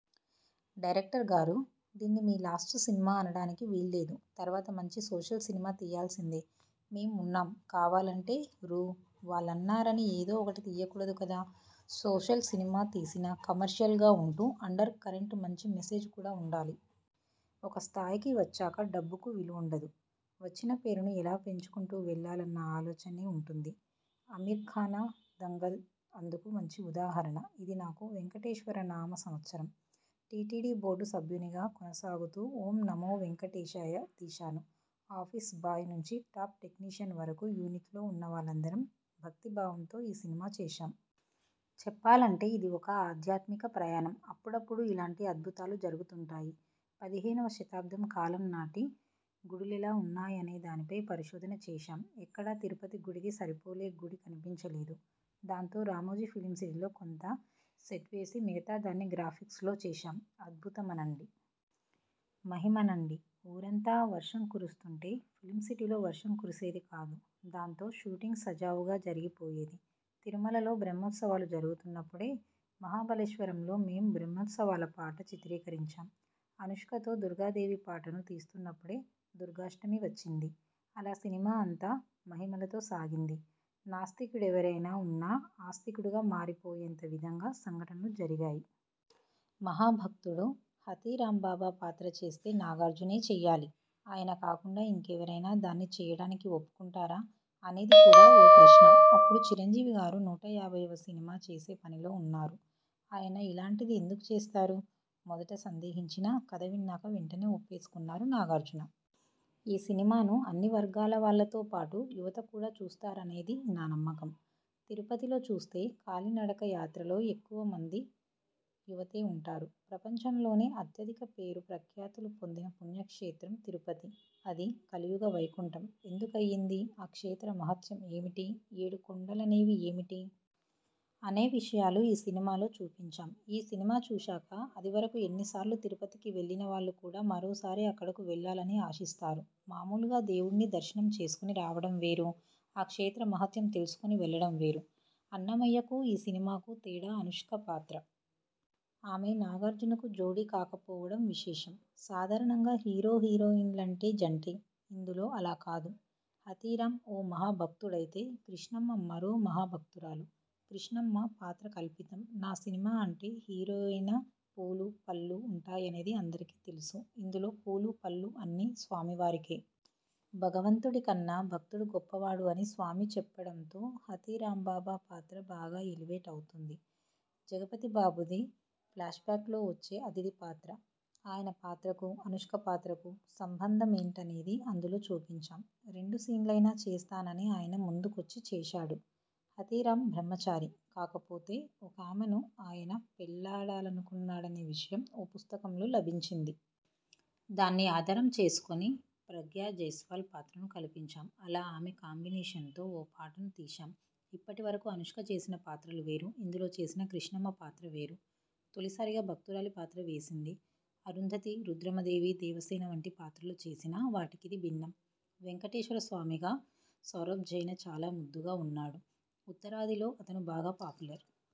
Director గారు. దీన్ని మీ లాస్ట్ సినిమా అనడానికి వీల్లేదు. తర్వాత మంచి సోషల్ సినిమా తియ్యాల్సిందే. మేం ఉన్నాం. కావాలంటే రూ. వాళ్లన్నారని ఏదో ఒకటి తియ్యకూడదు కదా. సోషల్ సినిమా తీసినా, కమర్షియల్గా ఉంటూ అండర్ కరెంట్ మంచి మెసేజ్ కూడా ఉండాలి. ఒక స్థాయికి వచ్చాక డబ్బుకు విలువుండదు. వచ్చిన పేరును ఎలా పెంచుకుంటూ వెళ్లాలన్న ఆలోచనే ఉంటుంది. అమీర్ఖాన 'దంగల్' అందుకు మంచి ఉదాహరణ ఇది నాకు వేంకటేశ్వరనామ సంవత్సరం. టీటీడీ బోర్డు సభ్యునిగా కొనసాగుతూ, 'ఓం నమో వేంకటేశాయ' తీశాను. ఆఫీస్ బాయ్ నుంచి టాప్ టెక్నీషియన్ వరకూ యూనిట్లో ఉన్నవాళ్లందరం భక్తిభావంతో ఈ సినిమా చేశాం. చెప్పాలంటే ఇది ఓ ఆధ్యాత్మిక ప్రయాణం. అప్పుడప్పుడూ ఇలాంటి అద్భుతాలు జరుగుతుంటాయి. పదిహేనువ శతాబ్దం కాలం నాటి గుడులెలా ఉన్నాయనేదానిపై పరిశోధన చేశాం ఎక్కడా తిరుపతి గుడికి సరిపోలే గుడి కనిపించలేదు. దాంతో రామోజీ ఫిల్మ్సిటీలో కొంత సెట్వేసి, మిగతా దాన్ని గ్రాఫిక్స్లో చేశాం. అధ్బుతమనండి.. మహిమనండి.. ఊరంతా వర్షం కురుస్తుంటే ఫిల్మ్సిటీలో వర్షం కురిసేది కాదు. దాంతో షూటింగ్ సజావుగా జరిగిపోయేది. తిరుమలలో బ్రహ్మోత్సవాలు జరుగుతున్నప్పుడే మహాబలేశ్వరంలో మేం బ్రహ్మోత్సవాల పాట చిత్రీకరించాం. అనుష్కతో దుర్గాదేవి పాటను తీస్తున్నప్పుడే దుర్గాష్టమి వచ్చింది. అలా సినిమా అంతా మహిమలతో సాగింది. నాస్తికుడెవరైనా ఉన్నా ఆస్తికుడిగా మారిపోయేంత విధంగా సంఘటనలు జరిగాయి. మహాభక్తుడు హాథీరామ్బాబా పాత్ర చేస్తే నాగార్జునే చెయ్యాలి. ఆయన కాకుండా ఇంకెవరైనా దాన్ని చెయ్యడానికి ఒప్పుకుంటారా? అనేది కూడా ఓ ప్రశ్న. అప్పుడు చిరంజీవిగారు నూట యాభైవ సినిమా చేసే పనిలో ఉన్నారు ఆయన ఇలాంటిది ఎందుకు చేస్తారు? మొదట సందేహించినా కథ విన్నాక వెంటనే ఒప్పేసుకున్నారు నాగార్జున. ఈ సినిమాను అన్ని వర్గాలవాళ్లతో పాటు యువత కూడా చూస్తారనేది నా నమ్మకం. తిరుపతిలో చూస్తే కాలినడక యాత్రలో ఎక్కువమంది యువతే ఉంటారు. ప్రపంచంలోనే అత్యధిక పేరు ప్రఖ్యాతులు పొందిన పుణ్యక్షేత్రం తిరుపతి. అది 'కలియుగ వైకుంఠం' ఎందుకయ్యింది? ఆ క్షేత్ర మహాత్యం ఏమిటి? ఏడు కొండలనేవి ఏమిటి? అనే విషయాలు ఈ సినిమాలో చూపించాం. ఈ సినిమా చూశాక అదివరకు ఎన్నిసార్లు తిరుపతికి వెళ్లినవాళ్లు కూడా మరోసారి అక్కడకు వెళ్లాలని ఆశిస్తారు. మామూలుగా దేవుడ్ని దర్శనం చేసుకుని రావడం వేరు, ఆ క్షేత్ర మహాత్యం తెలుసుకొని వెళ్లడం వేరు. 'అన్నమయ్య'కూ, ఈ సినిమాకూ తేడా అనుష్క పాత్ర. ఆమె నాగార్జునకు జోడీ కాకపోవడం విశేషం. సాధారణంగా హీరో హీరోయిన్లంటే జంటే. ఇందులో అలా కాదు. హాథీరాం ఓ మహాభక్తుడైతే, కృష్ణమ్మ మరో మహాభక్తురాలు. కృష్ణమ్మ పాత్ర కల్పితం. నా సినిమా అంటే హీరోయిన, పూలు, పళ్లు ఉంటాయనేది అందరికీ తెలుసు. ఇందులో పూలు, పళ్లు అన్నీ స్వామివారికే. భగవంతుడికన్నా భక్తుడు గొప్పవాడు అని స్వామి చెప్పడంతో హాథీరామ్బాబా పాత్ర బాగా ఎలివేట్ అవుతుంది. జగపతిబాబుది ఫ్లాష్బ్యాక్లో వచ్చే అతిథి పాత్ర. ఆయన పాత్రకూ, అనుష్క పాత్రకూ సంబంధమేంటనేది అందులో చూపించాం. రెండు సీన్లయినా చేస్తానని ఆయన ముందుకొచ్చి చేశాడు. హాథీరామ్ బ్రహ్మచారి. కాకపోతే ఒకామెను ఆయన పెళ్లాడాలనుకున్నాడనే విషయం ఓ పుస్తకంలో లభించింది. దాన్ని ఆధారం చేసుకొని ప్రగ్యా జైస్వాల్ పాత్రను కల్పించాం. అలా ఆమె కాంబినేషనతో ఓ పాటను తీశాం. ఇప్పటివరకూ అనుష్క చేసిన పాత్రలు వేరు, ఇందులో చేసిన కృష్ణమ్మ పాత్ర వేరు. తొలిసారిగా భక్తురాలి పాత్ర వేసింది. అరుంధతి, రుద్రమదేవి, దేవసేన వంటి పాత్రలు చేసినా, వాటికిది భిన్నం. వేంకటేశ్వరస్వామిగా సౌరభ్జైన చాలా ముద్దుగా ఉన్నాడు. ఉత్తరాదిలో అతను బాగా పాపులర్.